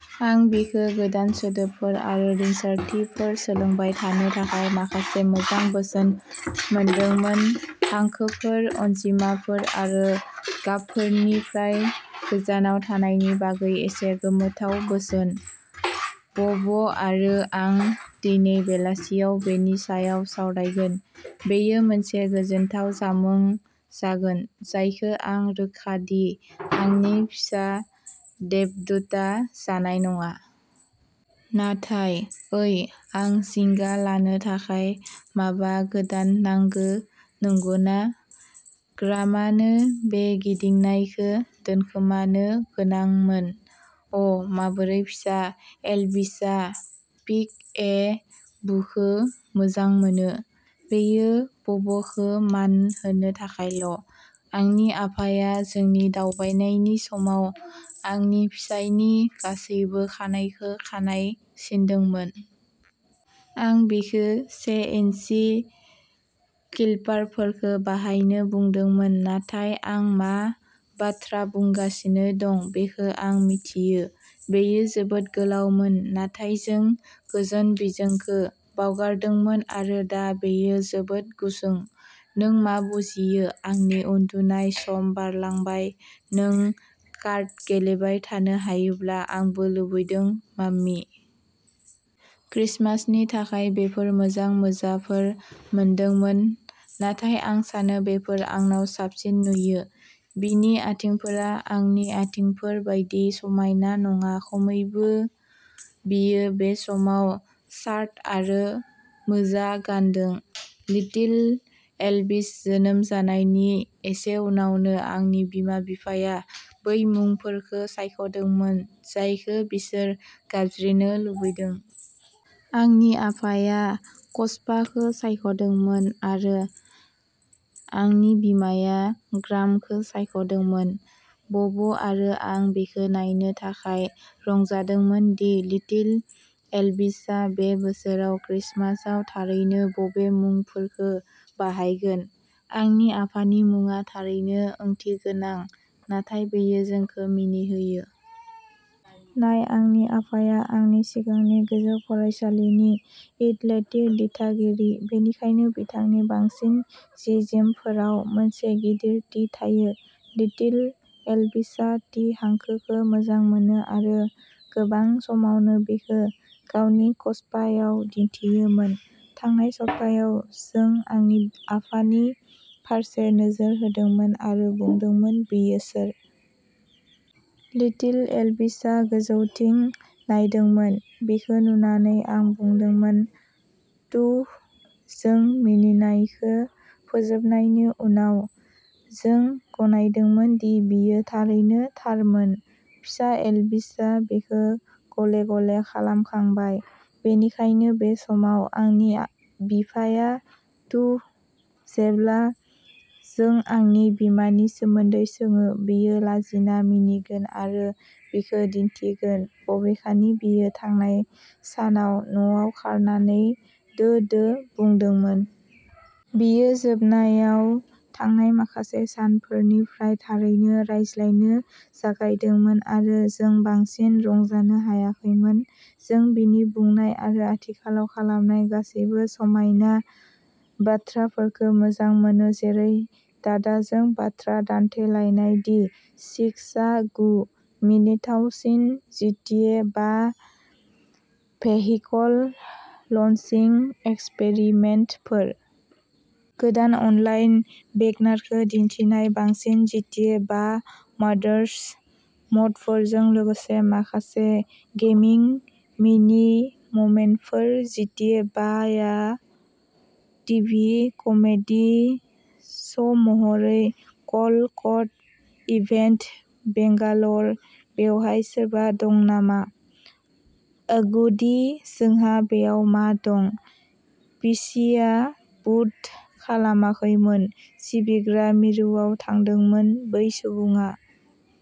आं बिखो गोदान सोदोबफोर आरो रिंसारथिफोर सोलोंबाय थानो थाखाय माखासे मोजां बोसोन मोनदोंमोन, हांखोफोर, अनजिमाफोर आरो गाबफोरनिफ्राय गोजानाव थानायनि बागै एसे गोमोथाव बोसोन। बब आरो आं दिनै बेलासियाव बेनि सायाव सावरायगोन। बेयो मोनसे गोजोनथाव जामुं जागोन, जायखो आं रोखा दि आंनि फिसा देबदुतआ जानाय नङा। नाथाय, ओइ आं जिंगा लानो थाखाय माबा गोदान नांगो, नंगौना? ग्रामानो बे गिदिंनायखो दोनखोमानो गोनांमोन। अ, माबोरै फिसा एल्विसआ पिक-ए-बुखो मोजां मोनो। बेयो बबखो मान होनो थाखायल'। आंनि आफाया जोंनि दावबायनायनि समाव आंनि फिसायनि गासैबो खानाइखो खानाइ सिनदोंमोन। आं बिखो से इन्चि क्लिपारफोरखो बाहायनो बुंदोंमोन, नाथाय आं मा बाथ्रा बुंगासिनो दं बेखो आं मिथियो। बेयो जोबोद गोलावमोन, नाथाय जों गोजोन बिजोंखो बावगारदोंमोन आरो दा बेयो जोबोद गुसुं। नों मा बुजियो आंनि उन्दुनाय सम बारलांबाय नों कार्ड गेलेबाय थानो हायोब्ला, आंबो लुबैदों माम्मी। क्रिसमासनि थाखाय बेफोर मोजां मोजाफोर मोनदोंमोन, नाथाय आं सानो बेफोर आंनाव साबसिन नुयो। बिनि आथिंफोरा आंनि आथिंफोर बायदि समायना नङा खमैबो बियो बे समाव शार्ट आरो मोजा गानदों। लिटिल एल्विस जोनोम जानायनि एसे उनावनो, आंनि बिमा-बिफाया बै मुंफोरखौ सायख'दोंमोन जायखो बिसोर गाबज्रिनो लुबैदों। आंनि आफाया कचपाखो सायख'दोंमोन आरो आंनि बिमाया ग्रामखो सायख'दोंमोन। बब आरो आं बेखो नायनो थाखाय रंजादोंमोन दि लिटिल एल्विसआ बे बोसोराव क्रिसमासआव थारैनो बबे मुंफोरखो बाहायगोन। आंनि आफानि मुंआ थारैनो ओंथिगोनां, नाथाय बेयो जोंखो मिनिहोयो। नाय, आंनि आफाया आंनि सिगांनि गोजौ फरायसालिनि एथलेटिक दिथागिरि। बेनिखायनो, बिथांनि बांसिन जि-जोमफोराव मोनसे गिदिर टि थायो। लिटिल एल्विसआ टि हांखोखो मोजां मोनो आरो गोबां समावनो बेखो गावनि कचपायाव दिन्थियोमोन। थांनाय सप्तायाव, जों आंनि आफानि फारसे नोजोर होदोंमोन आरो बुंदोंमोन, बियो सोर? लिटिल एल्विसआ गोजौथिं नायदोंमोन। बिखो नुनानै आरो बुंदोंमोन, तुह जों मिनिनायखो फोजोबनायनि उनाव, जों गनायदोंमोन दि बियो थारैनो थारमोन। फिसा एल्विसआ बेखो गले-गले खालामखांबाय। बेनिखायनो बे समाव, आंनि बिफाया तुह। जेब्ला जों आंनि बिमानि सोमोन्दै सोङो, बियो लाजिना मिनिगोन आरो बिखौ दिन्थिगोन, बबेखानि बियो थांनाय सानाव न'आव खारनानै दो-दो बुंदोंमोन। बियो जोबनायाव थांनाय माखासे सानफोरनिफ्राय थारैनो रायज्लायनो जागायदोंमोन आरो जों बांसिन रंजानो हायाखैमोन। जों बिनि बुंनाय आरो आथिखालाव खालामनाय गासैबो समायना बाथ्राफोरखो मोजां मोनो जेरै दादाजों बाथ्रा दान्थेलायनाय दि सिक्सआ गु। मिनिथावसिन जिटिए बा भेहिकल लन्चिं एक्सपेरिमेन्टफोर! गोदान अनलाइन वेगनारखौ दिन्थिनाय बांसिन जिटिए बा मडर्स मडफोरजों लोगोसे माखासे गेमिं मिनि मोमेन्टफोर जिटिए बा या टिभि कमेडि श'महरै कल क'ड इभेन्ट, बेंगालर। बेवहाय सोरबा दं नामा? अ'गुडी जोंहा बेयाव मा दं? पिसिआ बुट खालामाखैमोन। सिबिग्रा मिरुआव थांदोंमोन बै सुबुङा।